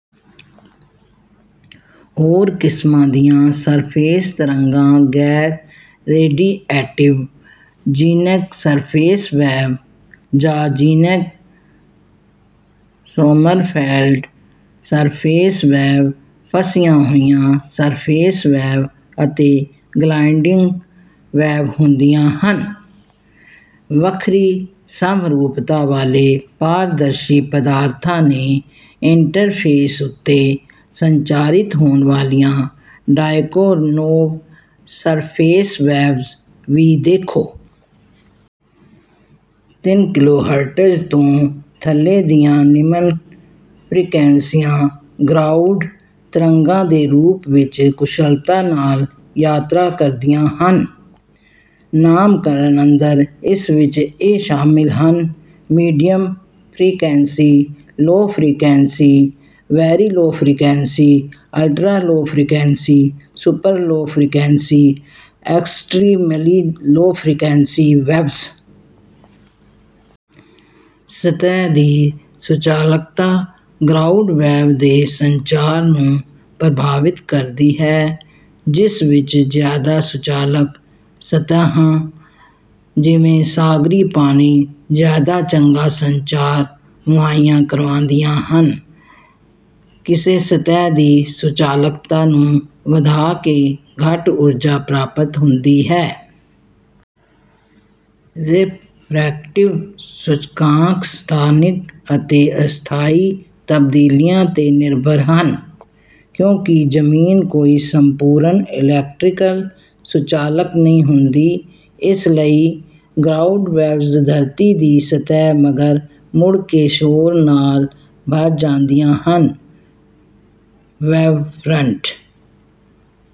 ਹੋਰ ਕਿਸਮਾਂ ਦੀਆਂ ਸਰਫੇਸ ਤਰੰਗਾਂ ਗੈਰ-ਰੇਡੀਏਟਿਵ ਜ਼ੀਨੈਕ ਸਰਫੇਸ ਵੇਵ, ਜਾਂ ਜ਼ੀਨੈਕ-ਸੋਮੱਰਫੈਲਡ ਸਰਫੇਸ ਵੇਵ, ਫਸੀਆਂ ਹੋਈਆਂ ਸਰਫੇਸ ਵੇਵ ਅਤੇ ਗਲਾਈਡਿੰਗ ਵੇਵ ਹੁੰਦੀਆਂ ਹਨ। ਵੱਖਰੀ ਸਮਰੂਪਤਾ ਵਾਲੇ ਪਾਰਦਰਸ਼ੀ ਪਦਾਰਥਾਂ ਦੇ ਇੰਟ੍ਰਫੇਸ ਉੱਤੇ ਸੰਚਾਰਿਤ ਹੋਣ ਵਾਲੀਆਂ ਡਾਇਕੋਨੋਵ ਸਰਫੇਸ ਵੇਵਜ਼ ਵੀ ਦੇਖੋ। ਤਿੰਨ ਕਿਲੋਹਰਟਜ਼ ਤੋਂ ਥੱਲੇ ਦੀਆਂ ਨਿਮਨ ਫ੍ਰੀਕੁਐਂਸੀਆਂ ਗਰਾਊਂਡ ਤਰੰਗਾਂ ਦੇ ਰੂਪ ਵਿੱਚ ਕੁਸ਼ਲਤਾ ਨਾਲ ਯਾਤਰਾ ਕਰਦੀਆਂ ਹਨ। ਨਾਮਕਰਨ ਅੰਦਰ, ਇਸ ਵਿੱਚ ਇਹ ਸ਼ਾਮਿਲ ਹਨ: medium frequency, low frequency, very low frequency, ultra low frequency, super low frequency, extremely low frequency waves. ਸਤਹਿ ਦੀ ਸੁਚਾਲਕਤਾ ਗਰਾਊਂਡ ਵੇਵਜ਼ ਦੇ ਸੰਚਾਰ ਨੂੰ ਪ੍ਰਭਾਵਿਤ ਕਰਦੀ ਹੈ, ਜਿਸ ਵਿੱਚ ਜ਼ਿਆਦਾ ਸੁਚਾਲਕ ਸਤਹਿਾਂ ਜਿਵੇਂ ਸਾਗਰੀ ਪਾਣੀ ਜ਼ਿਆਦਾ ਚੰਗਾ ਸੰਚਾਰ ਮੁਹੱਈਆ ਕਰਵਾਉਂਦੀਆਂ ਹਨ। ਕਿਸੇ ਸਤਹਿ ਦੀ ਸੁਚਾਲਕਤਾ ਨੂੰ ਵਧਾ ਕੇ ਘੱਟ ਊਰਜਾ ਖਪਤ ਹੁੰਦੀ ਹੈ। ਰਿਫ੍ਰੈਕਟਿਵ ਸੂਚਕਾਂਕ ਸਥਾਨਿਕ ਅਤੇ ਅਸਥਾਈ ਤਬਦੀਲੀਆਂ ਤੇ ਨਿਰਭਰ ਹਨ। ਕਿਉਂਕਿ ਜ਼ਮੀਨ ਕੋਈ ਸੰਪੂਰਣ ਇਲੈਕਟ੍ਰੀਕਲ ਸੁਚਾਲਕ ਨਹੀਂ ਹੁੰਦੀ, ਇਸ ਲਈ ਗਰਾਊਂਡ ਵੇਵਜ਼ ਧਰਤੀ ਦੀ ਸਤਹਿ ਮਗਰ ਮੁੜ ਕੇ ਸ਼ੋਰ ਨਾਲ ਭਰ ਜਾਂਦੀਆਂ ਹਨ। ਵੇਵਫ੍ਰੰਟ